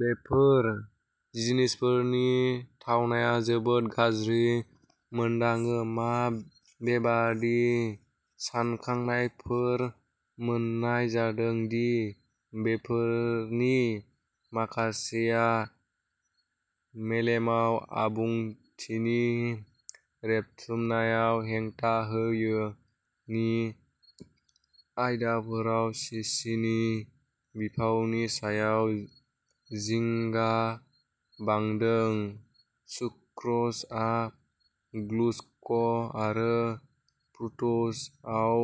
बेफोर जिनिसफोरनि थावनाया जोबोद गाज्रि मोनदाङो। मा बेबादि सानखांनायफोर मोननाय जादों दि बेफोरनि माखासेया मेलेमाव आबुंथिनि रेबथुमनायाव हेंथा होयो नि आयदाफोराव सिसिनि बिफावनि सायाव जिंगा बांदों। सुक्र'जआ ग्लुक'ज आरो फ्रुक्ट'जआव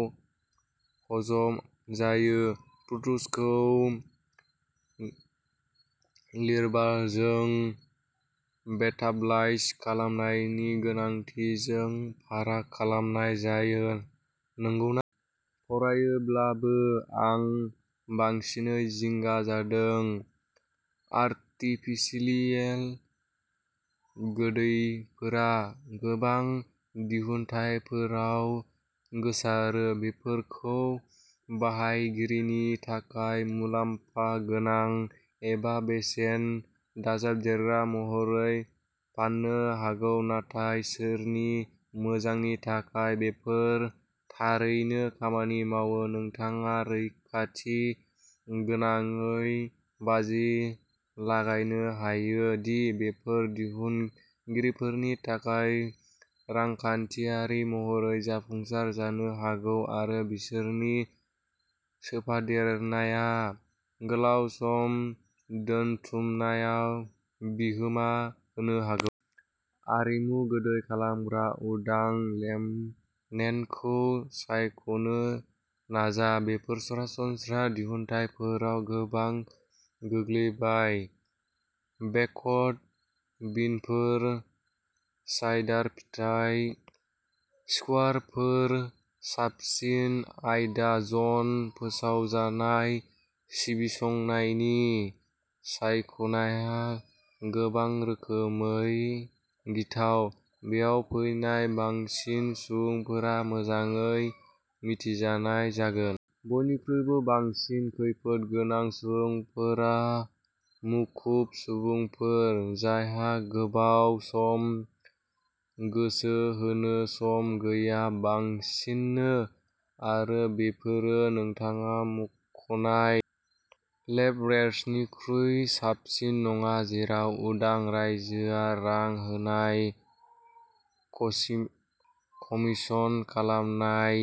हजम जायो। फ्रुक्ट'जखौ लिभारजों मेटाबलाइज खालामनायनि गोनांथिजों फाराग खालामनाय जायो, नंगौना? फरायैब्लाबो, आं बांसिनै जिंगा जादों। आर्टिफिसियेल गोदैफोरा गोबां दिहुनथायफोराव गोसारो। बेफोरखौ बाहायगिरिनि थाखाय मुलाम्फा गोनां एबा बेसेन दाजाबदेरग्रा महरै फाननो हागौ, नाथाय सोरनि मोजांनि थाखाय बेफोर थारैनो खामानि मावो। नोंथाङा रैखाथि गोनाङै बाजि लागायनो हायो दि बेफोर दिहुनगिरिफोरनि थाखाय रांखान्थियारि महरै जाफुंसार जानो हागौ आरो बिसोरनि सोफादेरनाया गोलाव सम दोनथुमनायाव बिहोमा होनो हागौ। आरिमु गोदै खालामग्रा उदां लेमनेडखौ सायख'नो नाजा। बेफोर सरासनस्रा दिहुनथायफोराव गोबां गोग्लैबाय बेकड बिनफोर, साइडार, फिथाइ स्कुवारफोर साबसिन आयदा जन। फोसावजानाय बिजिरसंनायनि सायख'नाया गोबां रोखोमै गिथाव। बेयाव फैनाय बांसिन सुबुंफोरा मोजाङै मिथिजानाय जागोन। बयनिख्रुइबो बांसिन खैफोद गोनां सुबुंफोरा मुखुब सुबुंफोर, जायहा गोबाव सम गोसो होनो सम गैया। बांसिनो, आरो बेफोरो नोंथाङा मुंख'नाय लेब-रेट्सनिख्रुइ साबसिन नङा। जेराव उदां रायजोआ रां होनाय, कमीशन खालामनाय,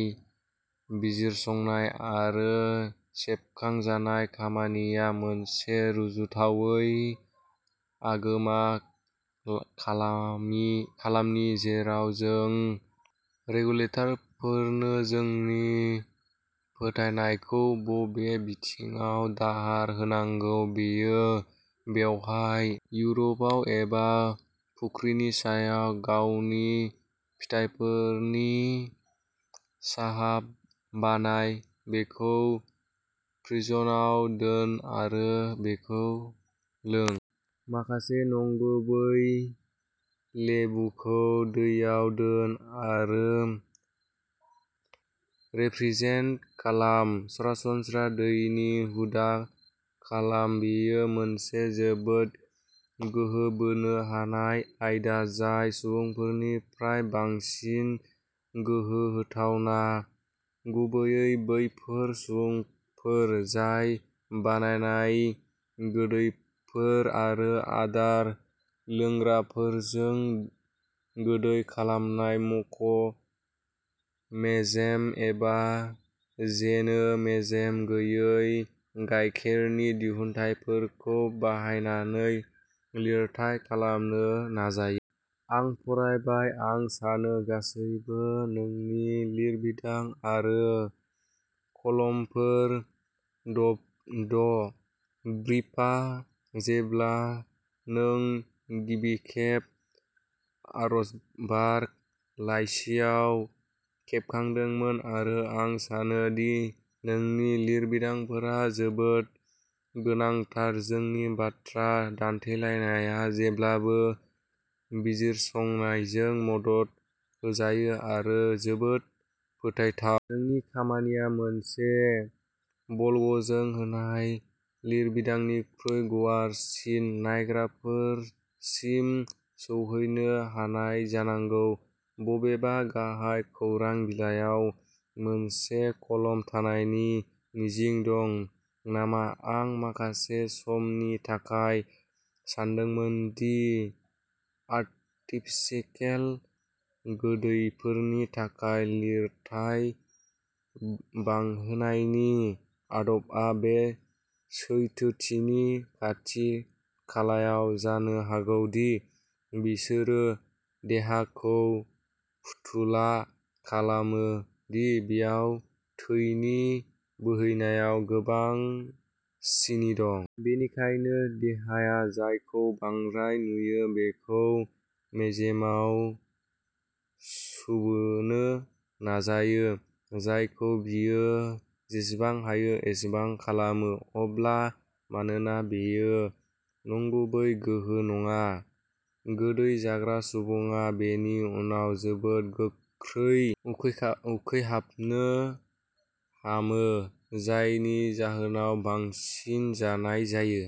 बिजिरसंनाय आरो सेबखांजानाय खामानिया मोनसे रुजुथावै आगोमा खामानि, जेराव जों रेगुलेटरफोरनो जोंनि फोथायनायखौ बबे बिथायाव दाहार होनांगौ, बेयो बेवहाय, इउर'पआव एबा फुख्रिनि सायाव गावनि फिथाइफोरनि साहा बानाय, बेखौ फ्रिजआव दोन आरो बेखौ लों। माखासे नंगुबै लेबुखौ दैयाव दोन आरो रेफ्रिजेन्ट खालाम। सरासनस्रा दैनि हुदा खालाम। बेयो मोनसे जोबोद गोसो बोनो हानाय आयदा, जाय सुबुंफोरनिफ्राय बांसिन गोसो होथावना, गुबैयै बैफोर सुबुंफोर जाय बानायनाय गोदैफोर आरो आदार लोंग्राफोरजों गोदै खालामनाय मख' मेजेम एबा जेनो मेजेम गैयै गायखेरनि दिहुनथायफोरखौ बाहायनानै लिरथाइ खालामनो नाजायो। आं फरायबाय, आं सानो, गासैबो नोंनि लिरबिदां आरो कलमफोर, ड ब्रिफा, जेब्ला नों गिबिखेब अबजारभार लाइसिआव खेबखांदोंमोन आरो आं सानो दि नोंनि लिरबिदांफोरा जोबोद गोनांथार। जोंनि बाथ्रा दान्थेलायनाया जेब्लाबो बिजिरसंनायजों मदद होजायो आरो जोबोद फोथायथाव। नोंनि खामानिया मोनसे बलगजों होनाय लिरबिदांनिख्रुइ गुवारसिन नायग्राफोरसिम सौहैनो हानाय जानांगौ। बबेबा गाहाय खौरां बिलाइयाव मोनसे कलम थानायनि मिजिं दं नामा आं माखासे समनि थाखाय सानदोंमोन दि आरटिफिकेल गोदैफोरनि थाखाय लिरथाय बांहोनायनि आदबआ बे सैथोथिनि खाथि-खालायाव जानो हागौ दि बिसोरो देहाखौ फुथुला खालामो दि बेयाव थैनि बोहैनायाव गोबां सिनि दं। बेनिखायनो देहाया जायखौ बांद्राय नुयो बेखौ मेजेमाव सोबनो नाजायो, जायखौ बियो जेसेबां हायो एसेबां खालामो। अब्ला मानोना बेयो नंगुबै गोहो नङा, गोदै जाग्रा सुबुङा बेनि उनाव जोबोद गोख्रै उखैहाबनो हामो, जायनि जाहोनाव बांसिन जानाय जायो।